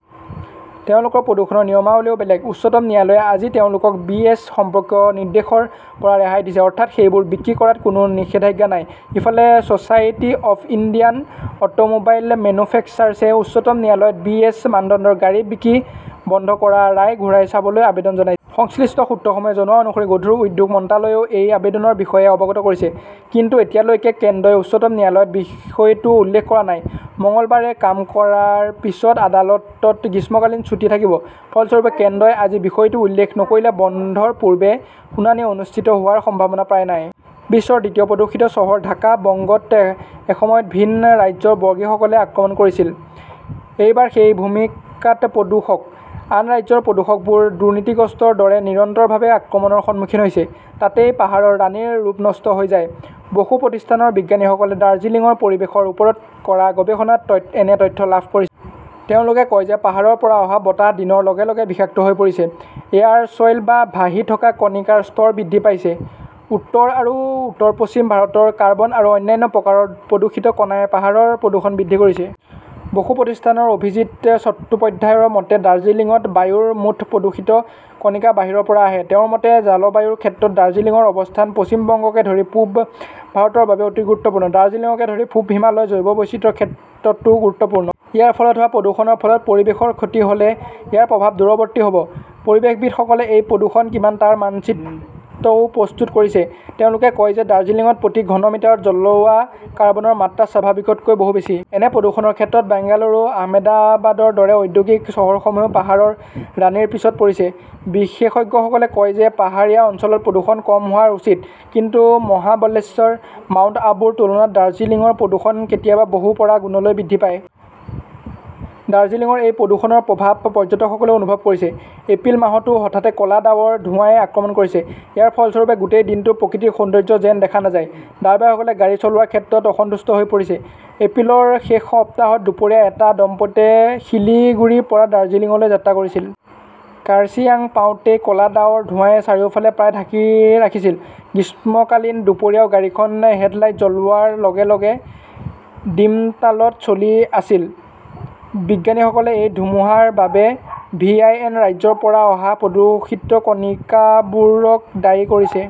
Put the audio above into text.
তেওঁলোকৰ প্ৰদূষণৰ নিয়মাৱলীও বেলেগ। উচ্চতম ন্যায়ালয়ে আজি তেওঁলোকক বি. এছ. সম্পৰ্কীয় নিৰ্দেশৰ পৰা ৰেহাই দিছে। অৰ্থাৎ, সেইবোৰ বিক্ৰী কৰাত কোনো নিষেধাজ্ঞা নাই। ইফালে, ছচাইটি অৱ ইণ্ডিয়ান অটোমোবাইল মেনুফেক্সাৰ্ছে উচ্চতম ন্যায়ালয়ত বি. এছ. মানদণ্ডৰ গাড়ী বিক্ৰী বন্ধ কৰাৰ ৰায় ঘূৰাই চাবলৈ আবেদন জনাইছিল। সংশ্লিষ্ট সূত্ৰসমূহে জনোৱা অনুসৰি গধুৰ উদ্যোগ মন্ত্ৰালয়েও এই আবেদনৰ বিষয়ে অৱগত কৰিছে। কিন্তু এতিয়ালৈকে কেন্দ্ৰই উচ্চতম ন্যায়ালয়ত বিষয়টো উল্লেখ কৰা নাই। মঙলবাৰে কাম কৰাৰ পিছত আদালতত গ্ৰীষ্মকালীন ছুটী থাকিব। ফলস্বৰূপে, কেন্দ্ৰই আজি বিষয়টো উল্লেখ নকৰিলে বন্ধৰ পূৰ্বে শুনানি অনুষ্ঠিত হোৱাৰ সম্ভাৱনা প্ৰায় নাই। বিশ্বৰ দ্বিতীয় প্ৰদূষিত চহৰ ঢাকা বংগত এসময়ত ভিন ৰাজ্যৰ বৰ্গীসকলে আক্ৰমণ কৰিছিল। এইবাৰ সেই ভূমিকাত প্ৰদূষক। আন ৰাজ্যৰ প্ৰদূষকবোৰ দুৰ্নীতিগ্ৰস্তৰ দৰে নিৰন্তৰভাৱে আক্ৰমণৰ সন্মুখীন হৈছে! তাতেই পাহাৰৰ ৰাণীৰ ৰূপ নষ্ট হৈ যায়। বসু প্ৰতিষ্ঠানৰ বিজ্ঞানীসকলে দাৰ্জিলিংৰ পৰিৱেশৰ ওপৰত কৰা গৱেষণাত এনে তথ্য লাভ কৰিছে। তেওঁলোকে কয় যে পাহাৰৰ পৰা অহা বতাহ দিনৰ লগে লগে বিষাক্ত হৈ পৰিছে। এয়াৰ ছইল বা ভাহি থকা কণিকাৰ স্তৰ বৃদ্ধি পাইছে। উত্তৰ আৰু উত্তৰ-পশ্চিম ভাৰতৰ কাৰ্বন আৰু অন্যান্য প্ৰকাৰৰ প্ৰদূষিত কণাই পাহাৰৰ প্ৰদূষণ বৃদ্ধি কৰিছে। বসু প্ৰতিষ্ঠানৰ অভিজিৎ চট্টোপাধ্যায়ৰ মতে, দাৰ্জিলিংত বায়ুৰ মুঠ প্ৰদূষিত কণিকা বাহিৰৰ পৰা আহে। তেওঁৰ মতে, জলবায়ুৰ ক্ষেত্ৰত দাৰ্জিলিংৰ অৱস্থান পশ্চিম বংগকে ধৰি পূব ভাৰতৰ বাবে অতি গুৰুত্বপূৰ্ণ। দাৰ্জিলিংকে ধৰি পূব হিমালয় জৈৱ বৈচিত্ৰ্যৰ ক্ষেত্ৰতো গুৰুত্বপূৰ্ণ। ইয়াৰ ফলত হোৱা প্ৰদূষণৰ ফলত পৰিৱেশৰ ক্ষতি হলে ইয়াৰ প্ৰভাৱ দূৰৱৰ্তী হব। পৰিৱেশবিদ সকলে এই প্ৰদূষণ কিমান তাৰ মানচিত্ৰও প্ৰস্তুত কৰিছে। তেওঁলোকে কয় যে ডাৰ্জিলিংত প্ৰতি ঘন মিটাৰত জ্বলোৱা কাৰ্বনৰ মাত্ৰা স্বাভাৱিকতকৈ বহু বেছি। এনে প্ৰদূষণৰ ক্ষেত্ৰত বেংগালুৰু, আহমেদাবাদৰ দৰে ঔদ্যোগিক চহৰসমূহেও পাহাৰৰ ৰাণীৰ পিছত পৰিছে। বিশেষজ্ঞসকলে কয় যে পাহাৰীয়া অঞ্চলত প্ৰদূষণ কম হোৱা উচিত। কিন্তু মহাবলেশ্বৰ, মাউণ্ট আবুৰ তুলনাত দাৰ্জিলিংৰ প্ৰদূষণ কেতিয়াবা বহু পৰা গুণলৈ বৃদ্ধি পাই। দৰ্জিলিংৰ এই প্ৰদূষণৰ প্ৰভাৱ পৰ্যটকসকলেও অনুভৱ কৰিছে। এপ্ৰিল মাহতও হঠাতে ক 'লা ডাৱৰ, ধোঁৱাই আক্ৰমণ কৰিছে। ইয়াৰ ফলস্বৰূপে, গোটেই দিনটো প্ৰকৃতিৰ সৌন্দৰ্য্য যেন দেখা নাযায়। ড্ৰাইভাৰসকলে গাড়ী চলোৱাৰ ক্ষেত্ৰতো অসন্তুষ্ট হৈ পৰিছে। এপ্ৰিলৰ শেষ সপ্তাহত দুপৰীয়া এটা দম্পতীয়ে শিলিগুৰিৰ পৰা দাৰ্জিলিংলৈ যাত্ৰা কৰিছিল। কাৰ্চিয়াং পাওতেই ক 'লা ডাৱৰ-ধোঁৱাই চাৰিওফালে প্ৰায় ঢাকি ৰাখিছিল! গ্ৰীষ্মকালীন দুপৰীয়াও গাড়ীখন হেডলাইট জ্বলোৱাৰ লগে লগে দিমতালত চলি আছিল। বিজ্ঞানীসকলে এই ধুমুহাৰ বাবে ভি. আই. এন. ৰাজ্যৰ পৰা অহা প্ৰদূষিত কণাবোৰক দায়ী কৰিছে।